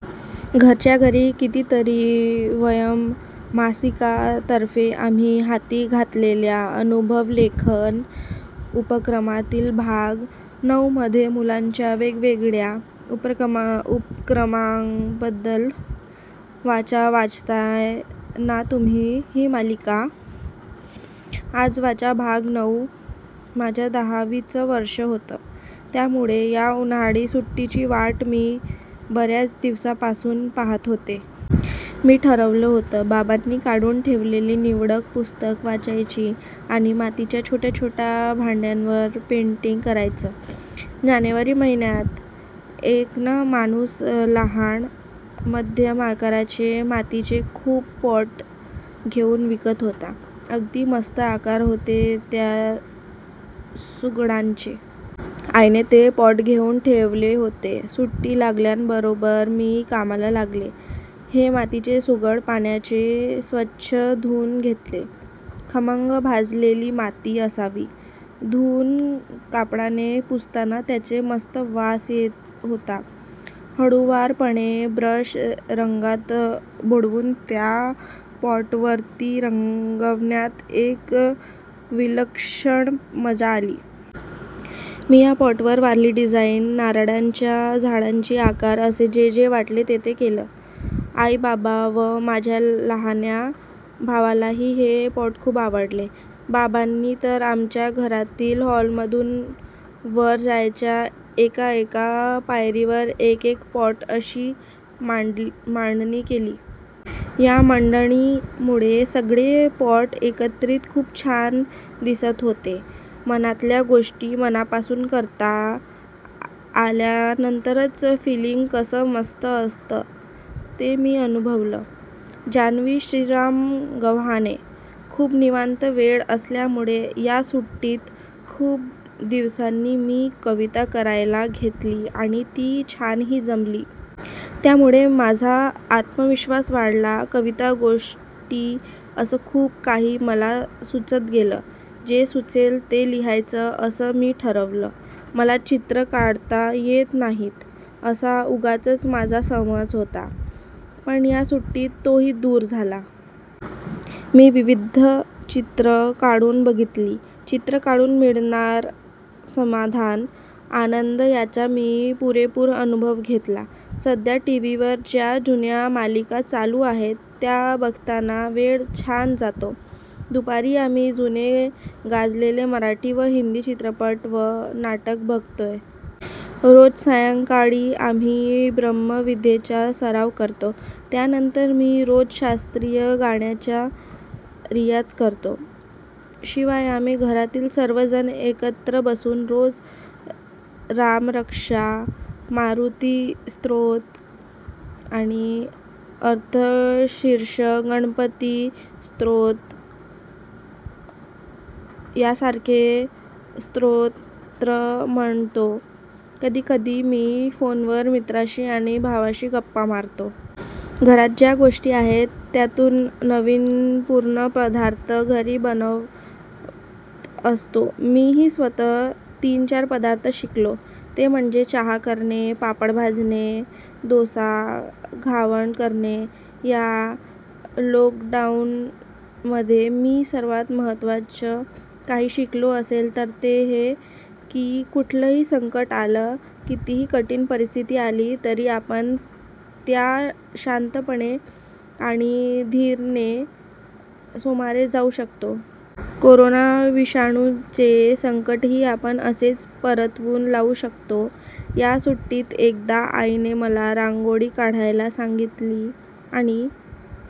घरच्या घरी, कितीतरी! 'वयम्' मासिकातर्फे आम्ही हाती घेतलेल्या अनुभव-लेखन उपक्रमातील भाग नऊ मध्ये मुलांच्या वेगवेगळ्या उपक्रमांबद्दल वाचा. वाचताय ना तुम्ही ही मालिका? आज वाचा भाग- नऊ. माझं दहावीचं वर्ष होतं. त्यामुळे या उन्हाळी सुट्टीची वाट मी बऱ्याच दिवसांपासून पाहत होते. मी ठरवलं होतं, बाबांनी काढून ठेवलेली निवडक पुस्तकं वाचायची आणि मातीच्या छोट्या-छोट्या भांड्यांवर पेंटिंग करायचं. जानेवारी महिन्यात, एक माणूस लहान, मध्यम आकाराचे मातीचे खूप पॉट घेऊन विकत होता. अगदी मस्त आकार होते त्या सुगडांचे. आईने ते पॉट घेऊन ठेवले होते. सुट्टी लागल्याबरोबर मी कामाला लागले. हे मातीचे सुगड पाण्याने स्वच्छ धुऊन घेतले. खमंग भाजलेली माती असावी. धुऊन कापडाने पुसताना त्याचा मस्त वास येत होता. हळुवारपणे ब्रश रंगात बुडवून त्या पॉटवरती रंगवण्यात एक विलक्षण मजा आली. मी या पॉटवर वारली डिझाइन, नारळांच्या झाडांचे आकार असं जे-जे वाटलं ते-ते केलं. आई, बाबा व माझ्या लहान्या भावालाही हे पॉट खूप आवडले. बाबांनी तर आमच्या घरातील, हॉलमधून वर जायच्या एका-एका पायरीवर एकेक पॉट अशी मांडणी केली. या मांडणीमुळे सगळे पॉट एकत्रित खूप छान दिसत होते. मनातल्या गोष्टी, मनापासून करता आल्यानंतरचं फिलिंग कसं मस्त असतं, ते मी अनुभवलं. जान्हवी श्रीराम गव्हाणे, खूप निवांत वेळ असल्यामुळे या सुट्टीत खूप दिवसांनी मी कविता करायला घेतली आणि ती छानही जमली. त्यामुळे माझा आत्मविश्वास वाढला. कविता, गोष्टी असं खूप काही मला सुचत गेलं. जे सुचेल ते लिहायचं असं मी ठरवलं. मला चित्र काढता येत नाहीत, असा उगाचच माझा समज होता. पण या सुट्टीत तोही दूर झाला. मी विविध चित्रं काढून बघितली. चित्र काढून मिळणार समाधान, आनंद याचा मी पुरेपूर अनुभव घेतला. सध्या टीव्हीवर ज्या जुन्या मालिका चालू आहेत, त्या बघताना वेळ छान जातो. दुपारी आम्ही जुने गाजलेले मराठी व हिंदी चित्रपट व नाटकं बघतोय. रोज सायंकाळी आम्ही ब्रह्मविद्येचा सराव करतो. त्यानंतर मी रोज शास्त्रीय गायनाचा रियाज करतो. शिवाय आम्ही घरातील सर्वजण एकत्र बसून रोज रामरक्षा, मारुती स्तोत्र, अथर्वशीर्ष, गणपती स्तोत्र यासारखी स्तोत्रं म्हणतो. कधी-कधी मी फोनवर मित्रांशी आणि भावाशी गप्पा मारतो. घरात ज्या गोष्टी आहेत, त्यातून नाविन्यपूर्ण पदार्थ घरी बनत असतो. मीही स्वतः तीन-चार पदार्थ शिकलो, ते म्हणजे चहा करणे, पापड भाजणे, डोसा, घावन करणे. या लॉकडाऊनमध्ये मी सर्वात महत्त्वाचं काही शिकलो असेल तर ते हे, की कुठलंही संकट आलं, कितीही कठीण परिस्थिती आली तरी आपण त्याला शांतपणे आणि धीराने सामोरे जाऊ शकतो. कोरोना विषाणूचे संकटही आपण असेच परतवून लावू शकतो. या सुट्टीत एकदा आईने मला रांगोळी काढायला सांगितली, आणि--